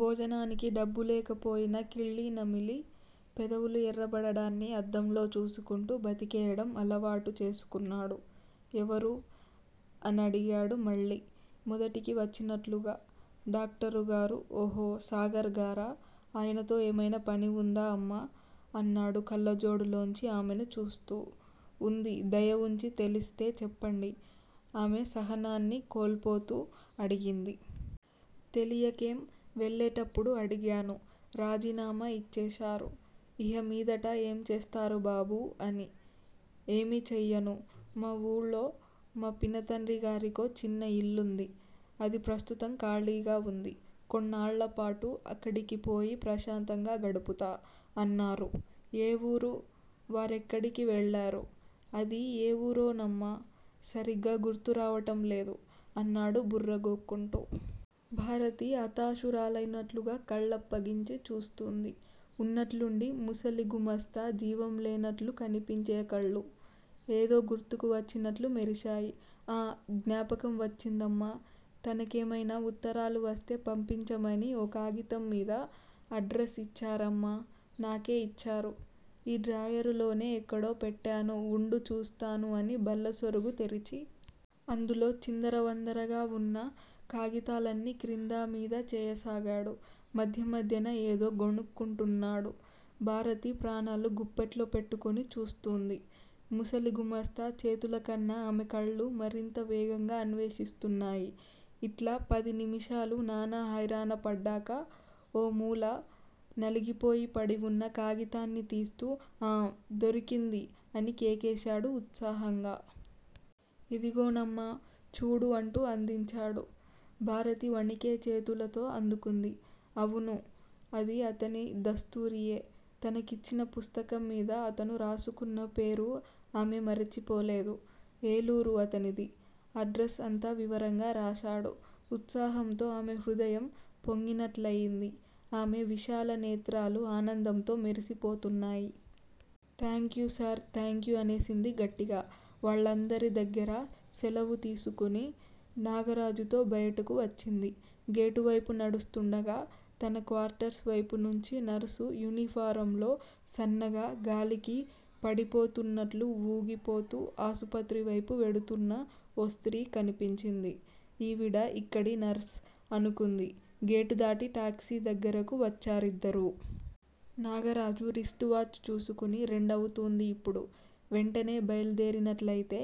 భోజనానికి డబ్బు లేకపోయినా కిళ్ళీ నమిలి పెదవులు ఎర్రబడడాన్ని అద్దంలో చూసుకుంటూ బతికేయడం అలవాటు చేసుకున్నాడు. ఎవరు? అనడిగాడు మళ్ళీ మొదటికి వచ్చినట్లుగా. డాక్టరుగారు ఓహో! సాగర్ గారా? ఆయనతో ఏమయినా పని ఉందా, అమ్మా? అన్నాడు కళ్ళజోడులోంచి ఆమెను చూస్తూ. ఉంది దయ ఉంచి తెలిస్తే చెప్పండి ఆమె సహనాన్ని కోల్పోతూ అడిగింది. తెలియకేం? వెళ్ళేటప్పుడు అడిగాను. రాజీనామా ఇచ్చేశారు! ఇహమీదట ఏం చేస్తారు బాబూ అని. 'ఏమీ చెయ్యను! మా వూళో మా పినతండ్రిగారికో చిన్న ఇల్లుంది. అది ప్రస్తుతం ఖాళీగా వుంది. కొన్నాళ్ళపాటూ అక్కడికిపోయి ప్రశాంతంగా గడుపుతా' అన్నారు. ఏ వూరు? వారెక్కడికి వెళ్ళారు? అదీ ఏ వూరోనమ్మా సరిగ్గా గుర్తురావటంలేదు అన్నాడు బుర్ర గోక్కుంటూ. భారతి హతాశురాలైనట్లుగా కళ్ళప్పగించి చూస్తూంది. ఉన్నట్లుండి ముసలి గుమాస్తా జీవం లేనట్లు కనిపించే కళ్ళు. ఏదో గుర్తుకువచ్చినట్లు మెరిశాయి. ఆఁ జ్ఞాపకం వచ్చిందమ్మా తనకేమైనా ఉత్తరాలు వస్తే పంపించమని ఓ కాగితంమీద అడ్రస్ ఇచ్చారమ్మా నాకే ఇచ్చారు. ఈ డ్రాయరులోనే ఎక్కడో పెట్టాను ఉండు చూస్తాను అని బల్ల సొరుగు తెరిచి. అందులో చిందరవందరగా ఉన్న కాగితాలన్నీ క్రిందా మీదా చేయసాగాడు. మధ్య మధ్యన యేదో గొణుక్కుంటున్నాడు. భారతి ప్రాణాలు గుప్పెట్లో పెట్టుకుని చూస్తూంది. ముసలి గుమాస్తా చేతులకన్నా ఆమె కళ్ళు మరింత వేగంగా అన్వేషిస్తున్నాయి. ఇట్లా పది నిమిషాలు నానా హైరానా పడ్డాక. ఓ మూల నలిగిపోయి పడివున్న కాగితాన్ని తీస్తూ ఆఁ, దొరికింది అని కేకేశాడు ఉత్సాహంగా. ఇదిగోనమ్మా! చూడు అంటూ అందిచ్చాడు. భారతి వణికే చేతులతో అందుకుంది. అవును, అది అతని దస్తూరీయే! తనకిచ్చిన పుస్తకంమీద అతను రాసుకున్న పేరు ఆమె మరిచిపోలేదు. ఏలూరు అతనిది. అడ్రస్ అంతా వివరంగా రాశాడు. ఉత్సాహంతో ఆమె హృదయం పొంగినట్లయింది. ఆమె విశాల నేత్రాలు ఆనందంతో మెరిసిపోతున్నాయి. థాంక్యూ సర్ థాంక్యూ అనేసింది గట్టిగా. వాళ్ళందరి దగ్గరా సెలవు తీసుకుని నాగరాజుతో బయటకు వచ్చింది. గేటువైపు నడుస్తూండగా తన క్వార్టర్స్ వైపునుంచి నర్సు యూనిఫారంలో సన్నగా, గాలికి పడిపోతున్నట్లు వూగిపోతూ. ఆసుపత్రివైపు వెడుతూన్న ఓ స్త్రీ కనిపించింది. ఈవిడా ఇక్కడి నర్స్? అనుకుంది. గేటు దాటి టాక్సీ దగ్గరకు వచ్చారిద్దరూ. నాగరాజు రిస్ట్ వాచ్ చూసుకుని, రెండవుతూంది ఇప్పుడు. వెంటనే బయల్దేరినట్లయితే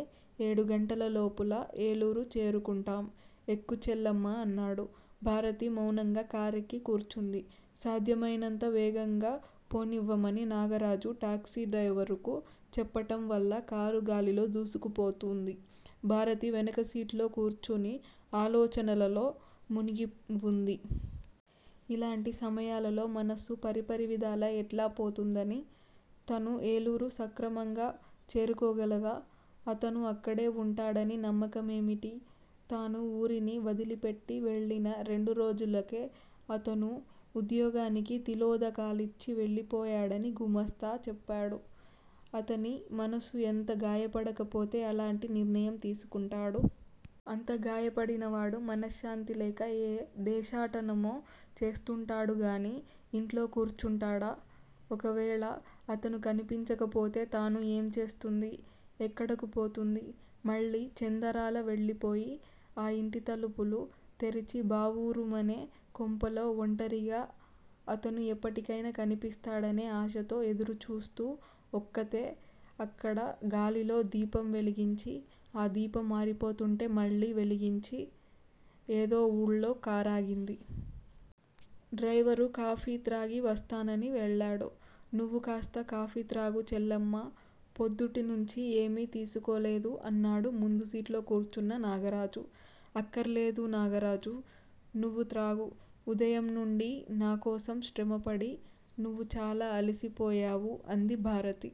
ఏడుగంటల లోపుల ఏలూరు చేరుకుంటాం. ఎక్కు చెల్లెమ్మా అన్నాడు. భారతి మౌనంగా కారెక్కి కూర్చుంది. సాధ్యమైనంత వేగంగా పోనివ్వమని నాగరాజు టాక్సీ డ్రైవరుకు చెప్పటం వల్ల కారు గాలిలో దూసుకుపోతూంది. భారతి వెనక సీట్లో కూర్చుని ఆలోచనలలో మునిగి ఉంది. ఇలాంటి సమయాలలో మనస్సు పరిపరివిధాల ఎట్లా పోతుందని!!! తను ఏలూరు సక్రమంగా చేరుకోగలదా? అతను అక్కడే వుంటాడని నమ్మకమేమిటి? తాను ఊరిని వదిలిపెట్టి వెళ్ళిన రెండు రోజులకే అతనూ ఉద్యోగానికి తిలోదకాలిచ్చి వెళ్ళిపోయాడని గుమాస్తా చెప్పాడు. అతని మనసు ఎంత గాయపడకపోతే అలాంటి నిర్ణయం తీసుకుంటాడు! అంత గాయపడినవాడు, మనశ్శాంతి లేక ఏ దేశాటనమో చేస్తూంటాడు గానీ ఇంట్లో కూర్చుంటాడా? ఒకవేళ అతను కనిపించకపోతే తాను ఏం చేస్తుంది? ఎక్కడకు పోతుంది? మళ్ళీ చందరాల వెళ్ళిపోయి, ఆ ఇంటి తలుపులు తెరిచి బావురుమనే కొంపలో ఒంటరిగా, అతను ఎప్పటికైనా కనిపిస్తాడనే ఆశతో ఎదురు చూస్తూ ఒక్కతే అక్కడ గాలిలో దీపం వెలిగించి, ఆ దీపం ఆరిపోతుంటే మళ్ళీ వెలిగించి ఏదో ఊళ్లో కారాగింది. డ్రైవరు కాఫీ త్రాగి వస్తానని వెళ్ళాడు. నువ్వు కాస్త కాఫీ త్రాగు చెల్లెమ్మా. పొద్దుటినుంచీ ఏమీ తీసుకోలేదు అన్నాడు ముందుసీట్లో కూర్చున్న నాగరాజు. అక్కర్లేదు నాగరాజూ! నువ్వు త్రాగు. ఉదయం నుండీ నా కోసం శ్రమపడి, నువ్వు చాలా అలిసిపోయావు అంది భారతి